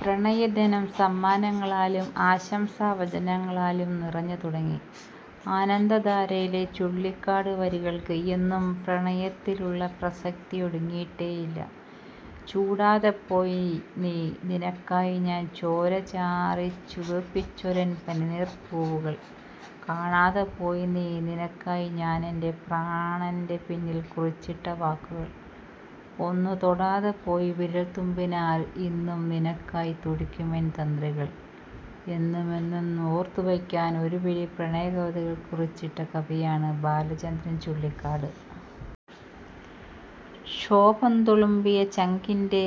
പ്രണയദിനം സമ്മാനങ്ങളാലും ആശംസാ വചനങ്ങളാലും നിറഞ്ഞു തുടങ്ങി. ആനന്ദധാരയിലെ ചുള്ളിക്കാട് വരികൾക്ക് ഇന്നും പ്രണയത്തിലുള്ള പ്രസക്തിയൊടുങ്ങിയിട്ടേയില്ല. '' ചൂടാതെ പോയ് നീ, നീ നിനക്കായി ഞാൻ ചോര ചാറിച്ചുവപ്പിച്ചൊരെൻ പനിനീർ പൂവുകൾ കാണാതെ പോയ് നീ, നിനക്കായ് ഞാനെന്റെ പ്രാണന്റെ പിന്നിൽ കുറിച്ചിട്ട വാക്കുകൾ ഒന്നു തൊടാതെ പോയി വിരൽതുമ്പിനാൽ ഇന്നും നിനക്കായ് തുടിക്കുമെൻ തന്ത്രികൾ '' എന്നുമെന്നെന്നും ഓർത്തു വയ്ക്കാൻ ഒരുപിടി പ്രണയകവിതകൾ കുറിച്ചിട്ട കവിയാണ് ബാലചന്ദ്രൻ ചുള്ളിക്കാട്. ക്ഷോഭം തുളുമ്പിയ ചങ്കിന്റെ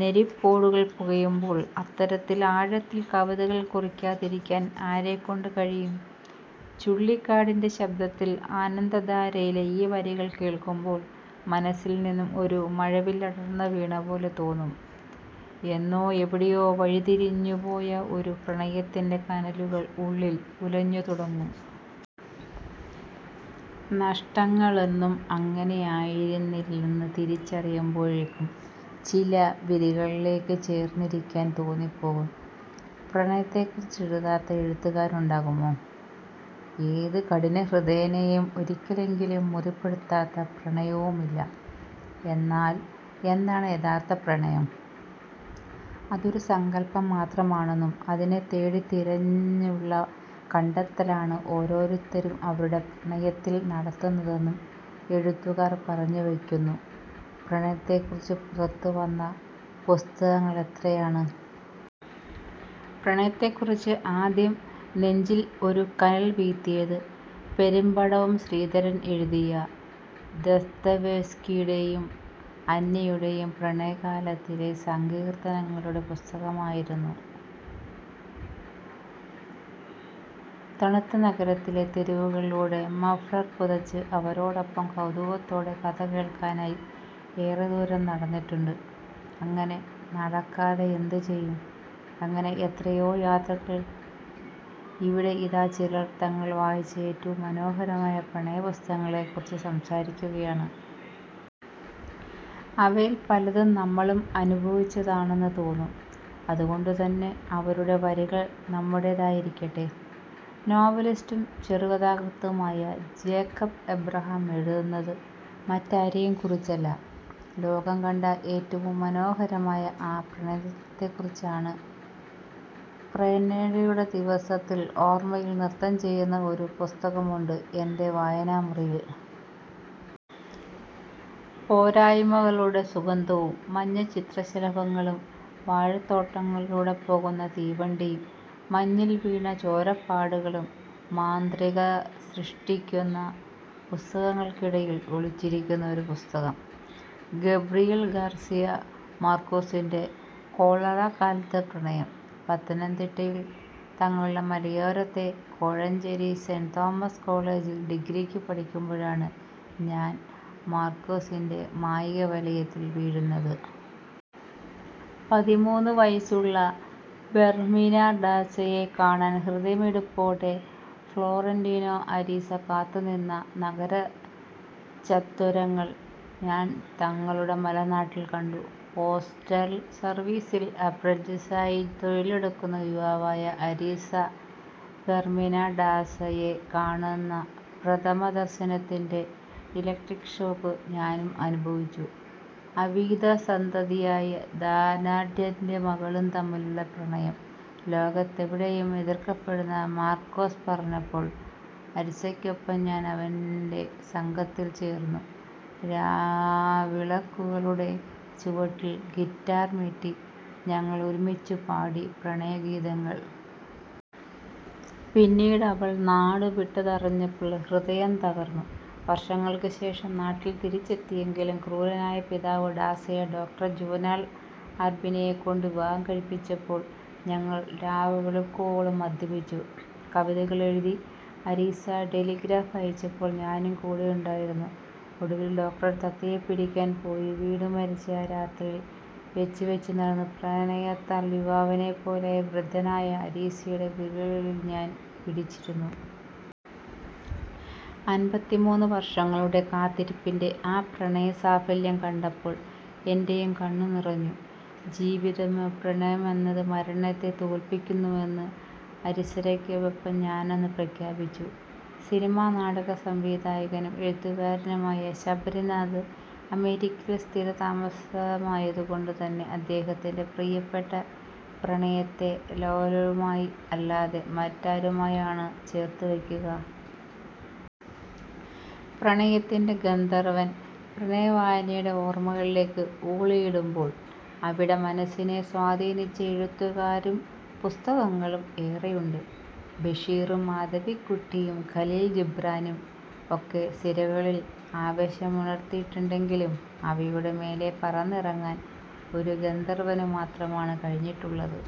നെരിപ്പോടുകൾ പുകയുമ്പോൾ അത്തരത്തിൽ ആഴത്തിൽ കവിതകൾ കുറിക്കാതിരിക്കാൻ ആരെക്കൊണ്ടു കഴിയും? ചുള്ളിക്കാടിന്റെ ശബ്ദത്തിൽ ആനന്ദധാരയിലെ ഈ വരികൾ കേൾക്കുമ്പോൾ മനസ്സിൽനിന്ന് ഒരു മഴവില്ലടർന്നു വീണപോലെ തോന്നും. എന്നോ എവിടെയോ വഴി തിരിഞ്ഞു പോയ ഒരു പ്രണയത്തിന്റെ കനലുകൾ ഉള്ളിൽ ഉലഞ്ഞു തുടങ്ങും. നഷ്ടങ്ങളൊന്നും അങ്ങനെയായിരുന്നില്ലെന്നു തിരിച്ചറിയുമ്പോയേക്കും ചില വിധികളിലേക്ക് ചേർന്നിരിക്കാൻ തോന്നിപ്പോകും. പ്രണയത്തെക്കുറിച്ചെഴുതാത്ത എഴുത്തുകാരുണ്ടാകുമോ? ഏതു കഠിനഹൃദയനെയും ഒരിക്കലെങ്കിലും മുറിപ്പെടുത്താത്ത പ്രണയവുമില്ല. എന്നാൽ എന്താണ് യഥാർഥ പ്രണയം? അതൊരു സങ്കൽപം മാത്രമാണെന്നും അതിനെ തേടി തിരഞ്ഞുള്ള കണ്ടെത്തലാണ് ഓരോരുത്തരും അവരുടെ പ്രണയത്തിൽ നടത്തുന്നതെന്നും എഴുത്തുകാർ പറഞ്ഞു വയ്ക്കുന്നു. പ്രണയത്തെക്കുറിച്ച് പുറത്തു വന്ന പുസ്തകങ്ങളെത്രയാണ്! പ്രണയത്തെക്കുറിച്ച് ആദ്യം നെഞ്ചിൽ ഒരു കനൽ വീഴ്ത്തിയത് പെരുമ്പടവം ശ്രീധരൻ എഴുതിയ ദസ്തയേവ്സ്കിയുടെയും അന്നയുടെയും പ്രണയകാലത്തിലെ സങ്കീർത്തനങ്ങളുടെ പുസ്തകമായിരുന്നു. തണുത്ത നഗരത്തിലെ തെരുവുകളിലൂടെ മഫ്ളർ പുതച്ച് അവരോടൊപ്പം കൗതുകത്തോടെ കഥ കേൾക്കാനായി ഏറെ ദൂരം നടന്നിട്ടുണ്ട്. അങ്ങനെ നടക്കാതെയെന്തു ചെയ്യും? അങ്ങനെ എത്രയോ യാത്രകൾ ഇവിടെ ഇതാ ചിലർ, തങ്ങൾ വായിച്ച ഏറ്റവും മനോഹരമായ പ്രണയപുസ്തകങ്ങളെക്കുറിച്ചു സംസാരിക്കുകയാണ്. അവയിൽ പലതും നമ്മളും അനുഭവിച്ചതാണെന്നു തോന്നും. അതുകൊണ്ടുതന്നെ അവരുടെ വരികൾ നമ്മുടേതായിരിക്കട്ടെ! ∙ നോവലിസ്റ്റും ചെറുകഥാകൃത്തുമായ ജേക്കബ് എബ്രഹാം എഴുതുന്നത് മറ്റാരെയും കുറിച്ചല്ല, ലോകം കണ്ട ഏറ്റവും മനോഹരമായ ആ പ്രണയത്തെക്കുറിച്ചാണ്. ' പ്രണയികളുടെ ദിവസത്തിൽ, ഓർമയിൽ നൃത്തം ചെയ്യുന്ന ഒരു പുസ്തകമുണ്ട് എന്റെ വായനാമുറിയിൽ. പേരയ്മകളുടെ സുഗന്ധവും മഞ്ഞ ചിത്രശലഭങ്ങളും വാഴത്തോട്ടങ്ങളിലൂടെ പോകുന്ന തീവണ്ടിയും മഞ്ഞിൽ വീണ ചോരപ്പാടുകളും മാന്ത്രികത സൃഷ്ടിക്കുന്ന, പുസ്തകങ്ങൾക്കിടയിൽ ഒളിച്ചിരിക്കുന്ന ഒരു പുസ്തകം. ഗബ്രിയേൽ ഗാർസിയ മാർകേസിന്റെ കോളറ കാലത്തെ പ്രണയം. പത്തനംതിട്ടയിൽ തങ്ങളുടെ മലയോരത്തെ കോഴഞ്ചേരി സെന്റ് തോമസ് കോളജിൽ ഡിഗ്രിയ്ക്കു പഠിയ്ക്കുമ്പോഴാണ് ഞാൻ മാർകേസിന്റെ മായിക വലയത്തിൽ വീഴുന്നത്. പതിമൂന്ന് വയസ്സുള്ള ഫെർമിന ഡാസയെ കാണാൻ ഹൃദയമിടിപ്പോടെ ഫ്ലോറന്റിനോ അരിസ കാത്തു നിന്ന നഗരചത്വരങ്ങൾ ഞാൻ ഞങ്ങളുടെ മലനാട്ടിൽ കണ്ടു. പോസ്റ്റൽ സർവീസിൽ അപ്രന്റീസായി തൊഴിലെടുക്കുന്ന യുവാവായ അരീസ ഫെർമിന ഡാസയെ കാണുന്ന പ്രഥമ ദർശനത്തിന്റെ ഇലക്ട്രിക് ഷോക്ക് ഞാനും അനുഭവിച്ചു. അവിഹിത സന്തതിയായ ധനാഢ്യന്റെ മകളും തമ്മിലുള്ള പ്രണയം ലോകത്തെവിടെയും എതിർക്കപ്പെടുമെന്ന് മാർകേസ് പറഞ്ഞപ്പോൾ അരിസയ്ക്കൊപ്പം ഞാൻ അവന്റെ സംഘത്തിൽ ചേർന്നു രാവിളക്കുകളുടെ ചുവട്ടിൽ ഗിറ്റാർ മീട്ടി ഞങ്ങൾ ഒരുമിച്ചു പാടി പ്രണയഗീതകങ്ങൾ. പിന്നീട് അവൾ നാടുവിട്ടതറിഞ്ഞപ്പോൾ ഹൃദയം തകർന്നു. വർഷങ്ങൾക്കു ശേഷം നാട്ടിൽ തിരിച്ചെത്തിയെങ്കിലും ക്രൂരനായ പിതാവ് ഡാസയെ ഡോ. ജുവനാൽ അർബിനോയെക്കൊണ്ട് വിവാഹം കഴിപ്പിച്ചപ്പോൾ ഞങ്ങൾ രാവെളുക്കുവോളം മദ്യപിച്ചു. കവിതകൾ എഴുതി അരീസ ടെലിഗ്രാഫ് അയച്ചപ്പോൾ ഞാനും കൂടെയുണ്ടായിരുന്നു. ഒടുവിൽ ഡോക്ടർ തത്തയെ പിടിക്കാൻ പോയി വീണു മരിച്ച ആ രാത്രിയിൽ വെച്ചു വെച്ചു നടന്ന് പ്രണയത്താൽ യുവാവിനെപ്പോലെയായ വൃദ്ധനായ അരീസയുടെ വിരലുകളിൽ ഞാൻ പിടിച്ചിരുന്നു. അൻപത്തിമൂന്ന് വർഷങ്ങളുടെ കാത്തിരിപ്പിന്റെ ആ പ്രണയ സാഫല്യം കണ്ടപ്പോൾ എന്റെയും കണ്ണു നിറഞ്ഞു ജീവിതമേ പ്രണയമെന്നത് മരണത്തെ തോൽപ്പിക്കുന്നുവെന്ന് അരിസരയ്ക്കൊപ്പം ഞാനന്ന് പ്രഖ്യാപിച്ചു സിനിമ നാടക സംവിധായകനും എഴുത്തുകാരനുമായ ശബരിനാഥ് അമേരിക്കയിൽ സ്ഥിര താമസമായതുകൊണ്ടു തന്നെ അദ്ദേഹത്തിന്റെ പ്രിയപ്പെട്ട പ്രണയത്തെ ലോലയുമായി അല്ലാതെ മറ്റാരുമായാണ് ചേർത്ത് വയ്ക്കുക? ' പ്രണയത്തിന്റെ ഗന്ധർവൻ പ്രണയവായനയുടെ ഓർമകളിലേക്ക് ഊളിയിടുമ്പോൾ അവിടെ മനസ്സിനെ സ്വാധീനിച്ച എഴുത്തുകാരും പുസ്തകങ്ങളും ഏറെയുണ്ട്. ബഷീറും മാധവിക്കുട്ടിയും ഖലീൽ ജിബ്രാനും ഒക്കെ സിരകളിൽ ആവേശമുണർത്തിയിട്ടുണ്ടെങ്കിലും അവയുടെ മേലേ പറന്നിറങ്ങാൻ ഒരു ഗന്ധർവനു മാത്രമാണ് കഴിഞ്ഞിട്ടുള്ളത്.